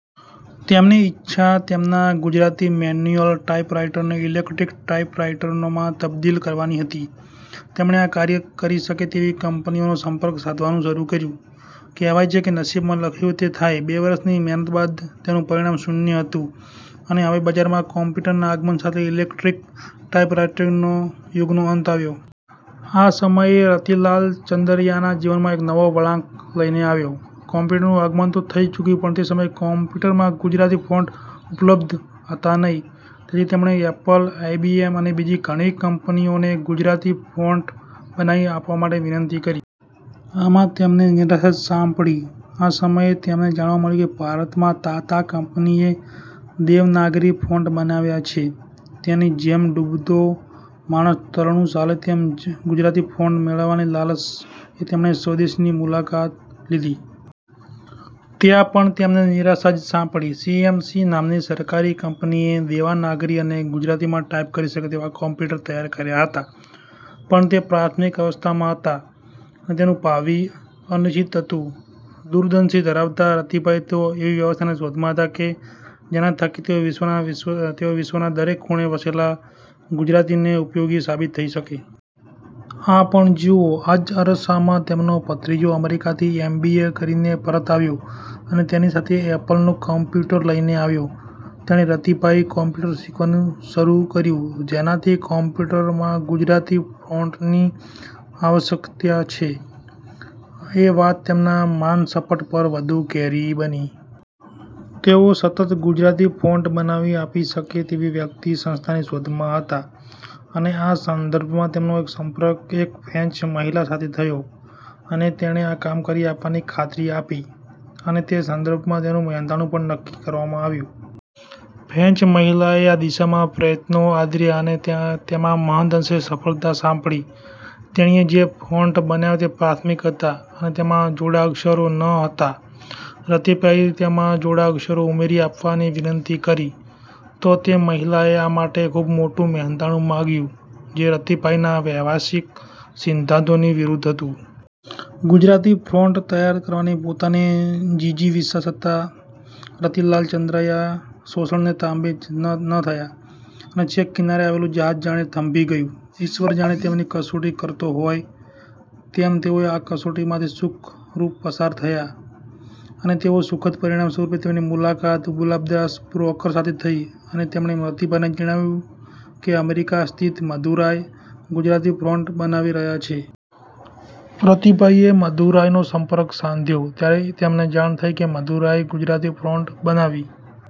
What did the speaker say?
તેમની ઇચ્છા તેમના ગુજરાતી મેન્યુઅલ ટાઇપરાઇટરને ઇલેક્ટ્રિક ટાઇપરાઇટરમાં તબદિલ કરવાની હતી તેથી તેમણે આ કાર્ય કરી શકે તેવી કંપનીઓના સંપર્ક સાધવાનું શરૂ કર્યું. કહેવાય છે કે નસીબમાં લખ્યું હોય તે થાય, બે વર્ષની મહેનત બાદ પણ તેનું પરિણામ શૂન્ય હતું અને હવે બજારમાં કમ્પ્યૂટરના આગમન સાથે ઇલેક્ટ્રિક ટાઇપરાઇટરનો યુગનો અંત આવ્યો. આ સમય રતિલાલ ચંદરયાના જીવનમાં એક નવો વળાંક લઈને આવ્યો. કમ્પ્યૂટરનું આગમન તો થઈ ચૂક્યું પણ તે સમયે કમ્પ્યૂટરમાં ગુજરાતી ફોન્ટ ઉપલબ્ધ હતા નહીં તેથી તેમણે એપલ, આઇબીએમ અને બીજી ઘણી કંપનીઓને ગુજરાતી ફોન્ટ બનાવી આપવા માટે વિનંતી કરી. આમાં તેમને નિરાશા જ સાંપડી. આ સમયે તેમને જાણવા મળ્યું કે ભારતમાં તાતા કંપનીએ દેવનાગરી ફોન્ટ બનાવ્યા છે તેથી જેમ ડૂબતો માણસ તરણું ઝાલે તેમ જ ગુજરાતી ફોન્ટ મેળવવાની લાલસા એ તેમણે સ્વદેશની મુલાકાત લીધી. ત્યાં પણ તેમને નિરાશા જ સાંપડી. સીએમસી નામની સરકારી કંપનીએ દેવનાગરી અને ગુજરાતીમાં ટાઇપ કરી શકે તેવા કમ્પ્યૂટર તૈયાર કર્યા હતા પણ તે પ્રાથમિક અવસ્થામાં હતાં અને તેનું ભાવિ અનિશ્ચિત હતું. દૂરંદેશી ધરાવતા રતિભાઈ તો એવી વ્યવસ્થાની શોધમાં હતા કે જેના થકી તેઓ વિશ્વના દરેક ખૂણે વસેલા ગુજરાતીને ઉપયોગી સાબિત થઈ શકે. આ પણ જુઓ: આ જ અરસામાં તેમનો ભત્રીજો અમેરિકાથી એમ. બી. એ. કરીને પરત આવ્યો અને તે તેની સાથે એપલનું કમ્પ્યૂટર લઈને આવ્યો. તેણે રતિભાઈ કમ્પ્યૂટર શીખવવાનું શરૂ કર્યું. જેનાથી કમ્પ્યૂટરમાં ગુજરાતી ફોન્ટની આવશ્યકતા છે જ એ વાત તેમના માનસપટ પર વધુ ઘેરી બની. તેઓ સતત ગુજરાતી ફોન્ટ બનાવી આપી શકે તેવી વ્યક્તિ-સંસ્થાની શોધમાં હતા અને આ સંદર્ભે તેમનો સંપર્ક એક ફ્રેન્ચ મહિલા સાથે થયો એન તેણે આ કામ કરી આપવાની ખાતરી આપી અને તે સંદર્ભનું તેનું મહેનતાણું પણ નક્કી કરવામાં આવ્યું. ફ્રેન્ચ મહિલાએ આ દિશામાં પ્રયત્નો આદર્યા અને તેમાં મહદઅંશે સફળતા સાંપડી. તેણીએ જે ફોન્ટ બનાવ્યા તે પ્રાથમિક હતા અને તેમાં જોડાક્ષરો ન હતા. રતિભાઈએ તેમાં જોડાક્ષરો ઉમેરી આપવાની વિનંતી કરી તો તે મહિલાએ આ માટે ખૂબ મોટું મહેનતાણું માંગ્યું જે રતિભાઈના વ્યવસાયિક સિદ્ધાંતોની વિરુદ્ધ હતું. ગુજરાતી ફોન્ટ તૈયાર કરવાની પોતાની જિજીવિષા છતાં રતિલાલ ચંદરયા શોષણને તાબે ન થયા અને છેક કિનારે આવેલું જહાજ જાણે થંભી ગયું. ઈશ્વર જાણે તેમની કસોટી કરતો હોય તેમ તેઓ આ કસોટીમાંથી સુખરૂપ પસાર થયા અને તેના સુખદ પરિણામ સ્વરૂપ તેમની મુલાકત ગુલાબદાસ બ્રોકર સાથે થઈ અને તેમણે રતિભાઈને જણાવ્યું કે અમેરિકા સ્થિત મધુરાય ગુજરાતી ફોન્ટ બનાવી રહ્યા છે. રતિભાઈએ મધુરાયનો સંપર્ક સાધ્યો ત્યારે તેમને જાણ થઈ કે મધુરાયે ગુજરાતી ફોન્ટ બનાવી